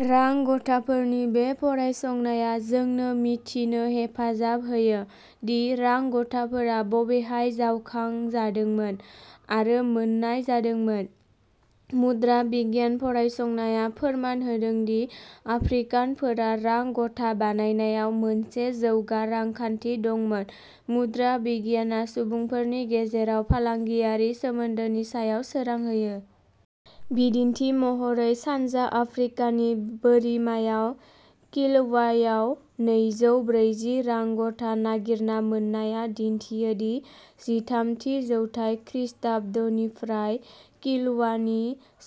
रां गथाफोरनि बे फरायसंनाया जोंनो मिथिनो हेफाजाब होयो दि रां गथाफोरा बबेहाय जावखांजादोंमोन आरो मोन्नाय जादोंमोन। मुद्रा बिगियान फरायसंनाया फोरमान होदों दि आफ्रिकानफोरा रां गथा बानायनायाव मोनसे जौगा रांखान्थि दंमोन मुद्रा बिगियानआ सुबुंफोरनि गेजेराव फालांगियारि सोमोन्दोनि सायाव सोरां होयो। बिदिन्थि महरै सानजा आफ्रिकानि बोरिमायाव किलवायाव नैजौ ब्रैजि रां गथा नागिरना मोन्नायआ दिन्थियो दि जिथाम थि जौथाय खृष्टाब्दनिफ्राय किलवानि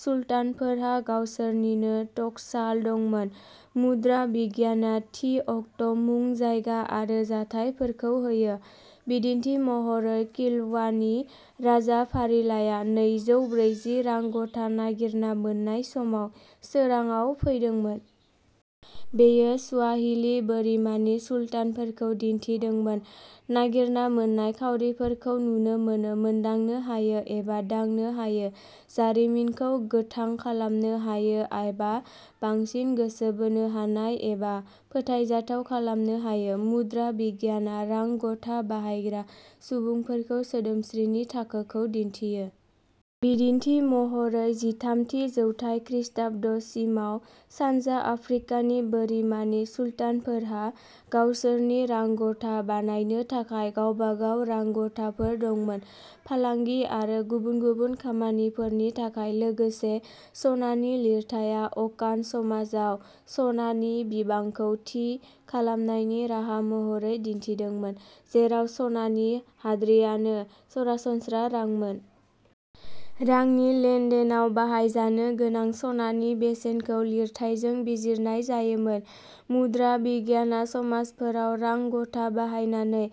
सुल्तानफोरहा गावसोरनिनो टकसाल दंमोन। मुद्रा बिगियानआ थि अक्ट मुं जायगा आरो जाथायफोरखौ होयो। बिदिन्थि महरै किलवानि राजा फारिलाइया नैजौ ब्रैजि रां गथा नागिरना मोन्नाय समाव सोराङाव फैदोंमोन। बेयो स्वाहिलि बोरिमानि सुल्तानफोरखौ दिन्थिदोंमोन। नागिरना मोन्नाय खाउरिफोरखौ नुनो मोनो मोनदांनो हायो एबा दांनो हायो जारिमिनखौ गोथां खालामनो हायो एबा बांसिन गोसो बोनो हानाय एबा फोथायजाथाव खालामनो हायो। मुद्रा बिगियानआ रां गथा बाहायग्रा सुबुंफोरखौ सोदोमस्रिनि थाखोखौ दिन्थियो। बिदिन्थि महरै जिथाम थि जौथाय खृष्टाब्दसिमाव सानजा आफ्रिकानि बोरिमानि सुल्तानफोरहा गावसोरनि रां गथा बानायनो थाखाय गावबागाव रां गथाफोर दंमोन। फालांगि आरो गुबुन गुबुन खामानिफोरनि थाखाय। लोगोसे सनानि लिरथाइया अकान समाजाव सनानि बिबांखौ थि खालामनायनि राहा महरै दिन्थिदोंमोन जेराव सनानि हाद्रिआनो सरासनस्रा रांमोन। रांनि लेनदेनआव बाहायजानो गोनां सनानि बेसेनखौ लिरथाइजों बिजिरनाय जायोमोन। मुद्रा बिगियानआ समाजफोराव रां गथा बाहायनानै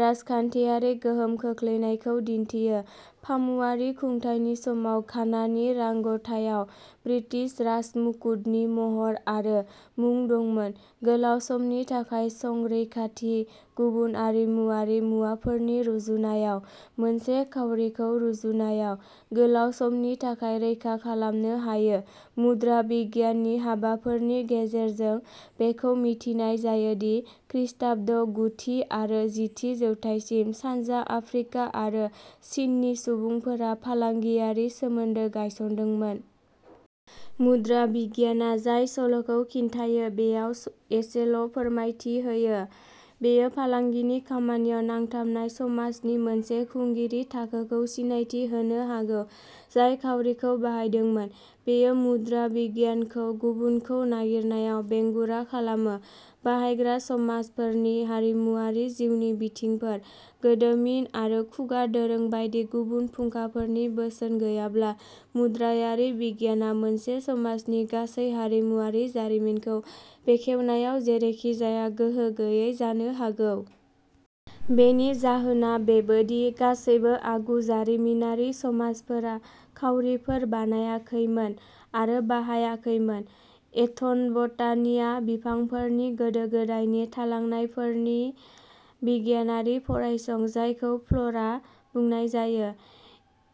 राजखान्थियारि गोहोम खोख्लैनायखौ दिन्थियो। फामुवारि खुंथायनि समाव घानानि रां गथायाव ब्रिटिश राजमुकुटनि महर आरो मुं दंमोन। गोलाव समनि थाखाय संरैखाथि गुबुन आरिमुआरि मुवाफोरनि रुजुनायाव मोनसे खाउरिखौ रुजुनायाव गोलाव समनि थाखाय रैखा खालामनो हायो मुद्रा बिगियाननि हाबाफोरनि गेजेरजों बेखौ मिथिनाय जायो दि खृष्टाब्द गु थि आरो जि थि जौथायसिम सानजा आफ्रिका आरो चिननि सुबुंफोरा फालांगियारि सोमोन्दो गायसनदोंमोन। मुद्रा बिगियानआ जाय सल'खौ खिन्थायो बेयाव एसेल'फोरमायथि होयो। बेयो फालांगिनि खामानियाव नांथाबनाय समाजनि मोनसे खुंगिरि थाखोखौ सिनायथि होनो हागौ जाय खाउरिखौ बाहायदोंमोन। बेयो मुद्रा बिगियानखौ गुबुनखौ नागिरनायाव बेंगुरा खालामो। बाहायग्रा समाजफोरनि हारिमुआरि जिउनि बिथिंफोर गोदोमिन आरो खुगा दोरों बायदि गुबुन फुंखाफोरनि बोसोन गैयाब्ला मुद्रायारि बिगियानआ मोनसे समाजनि गासै हारिमुआरि जारिमिनखौ बेखेवनायाव जेरैखिजाया गोहो गैयै जानो हागौ। बेनि जाहोना बेबो दि गासैबो आगु जारिमिनारि समाजफोरा खाउरिफोर बानायाखैमोन आरो बाहायाखैमोन। एथन'बटानिआ बिफांफोरनि गोदो गोदायनि थालांनायफोरनि बिगियानारि फरायसं जायखौ फ्ल'रा बुंनाय जायो।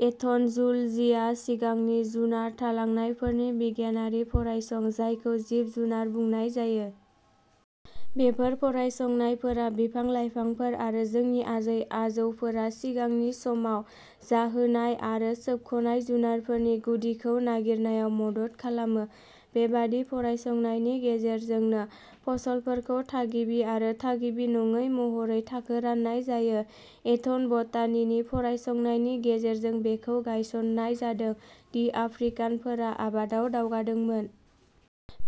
एथन'जुल'जिआ सिगांनि जुनार थालांनायफोरनि बिगियानारि फरायसं जायखौ जिब जुनार बुंनाय जायो। बेफोर फरायसंनायफोरा बिफां लाइफांफोर आरो जोंनि आजै आजौफोरा सिगांनि समाव जाहोनाय आरो सोबख'नाय जुनारफोरनि गुदिखौ नागिरनायाव मदद खालामो। बेबादि फरायसंनायनि गेजेरजोंनो फसलफोरखौ थागिबि आरो थागिबि नङै महरै थाखो राननाय जायो। एथन'बटानिनि फरायसंनायनि गेजेरजों बेखौ गायसननाय जादों दि आफ्रिकानफोरा आबादाव दावगादोंमोन।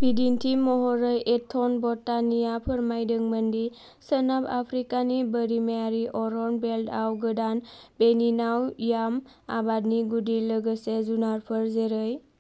बिदिन्थि महरै एथन'बटानिआ फोरमायदोंमोन दि सोनाब आफ्रिकानि बोरिमायारि अरन बेल्टआव गोदान बेनिनाव याम आबादनि गुदि लोगोसे जुनारफोर जेरै